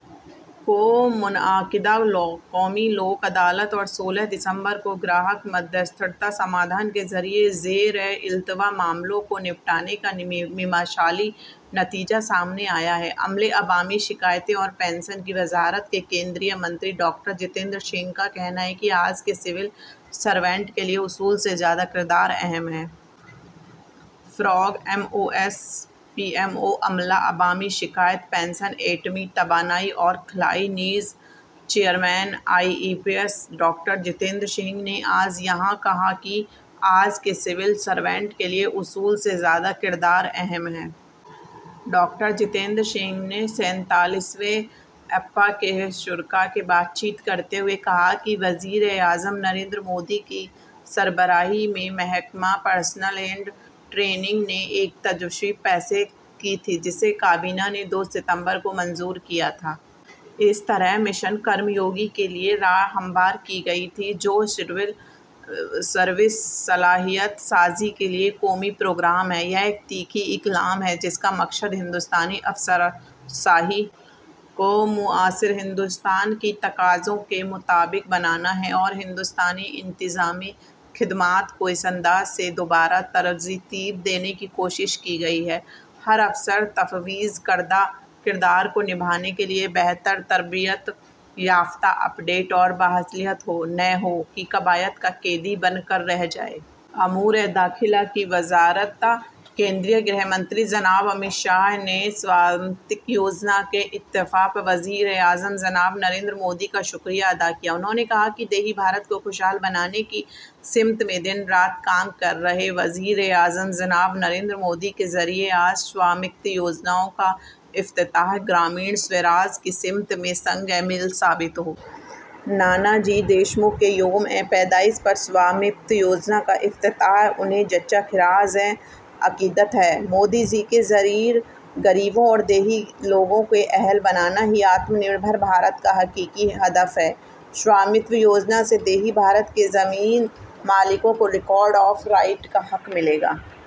کو منعقدہ قومی لوک عدالت اور سولہ دسمبر کو گراہک مدھیستھتا سمادھان کے ذریعے زیر التواء معاملوں کو نمٹانے کا مثالی نتیجہ سامنے آیا ہے۔ عملے، عوامی شکایات اور پنشن کی وزارت کے مرکزی وزیر ڈاکٹر جتیندر سنگھ کا کہنا ہے کہ آج کے سول سرونٹ کے لیے اصول سے زیادہ کردار اہم ہے۔ فروغ، M O S P M O, عملہ، عوامی شکایات، پنشن، ایٹمی توانائی اور خلائی نیز chairman I I P A, doctor Jitendra Singh نے آج یہاں کہا کہ آج کے سول سرونٹ کے لیے اصول سے زیادہ کردار اہم ہے۔ ڈاکٹر جتیندر سنگھ نے سینتالیسویں اے پی پی پی اے کے شرکاء سے بات چیت کرتے ہوئے کہا کہ وزیر اعظم نریندر مودی کی سربراہی میں محکمہ پرسنل اینڈ ٹریننگ نے ایک تجویز پیش کی تھی جسے کابینہ نے دو ستمبر کو منظور کیا تھا۔ اس طرح مشن کرم یوگی کے لیے راہ ہموار کی گئی تھی، جو سول سروس صلاحیت سازی کے لیے قومی پروگرام ہے۔ یہ ایک تاریخی اقدام ہے جس کا مقصد ہندوستانی افسر شاہی کو معاصر ہندوستان کی تقاضوں کے مطابق بنانا ہے اور ہندوستانی انتظامی خدمات کو اس انداز سے دوبارہ ترتیب دینے کی کوشش کی گئی ہے کہ ہر افسر تفویض کردہ کردار کو نبھانے کے لیے بہتر، تربیت یافتہ، اپ ڈیٹ اور باصلاحیت ہو، نہ کہ وہ قواعد کا قیدی بن کر رہ جائے۔ امور داخلہ کی وزارت۔ مرکزی وزیر داخلہ جناب امت شاہ نے سوامتو یوجنا کے افتتاح پر وزیر اعظم جناب نریندر مودی کا شکریہ ادا کیا۔ انہوں نے کہا کہ دیہی بھارت کو خوش حال بنانے کی سمت میں دن رات کام کر رہے وزیر اعظم جناب نریندر مودی کے ذریعے آج سوامتو یوجنا کا افتتاح گرامین سوراج کی سمت میں سنگ میل ثابت ہوگا۔ نانا جی دیشمکھ کے یوم پیدائش پر سوامتو یوجنا کا افتتاح انہیں سچا خراج عقیدت ہے۔ مودی جی کے ذریعے غریبوں اور دیہی لوگوں کو اہل بنانا ہی آتم نربھر بھارت کا حقیقی ہدف ہے اور سوامتو یوجنا سے دیہی بھارت کے زمین مالکان کو ریکارڈ آف رائٹ کا حق ملے گا۔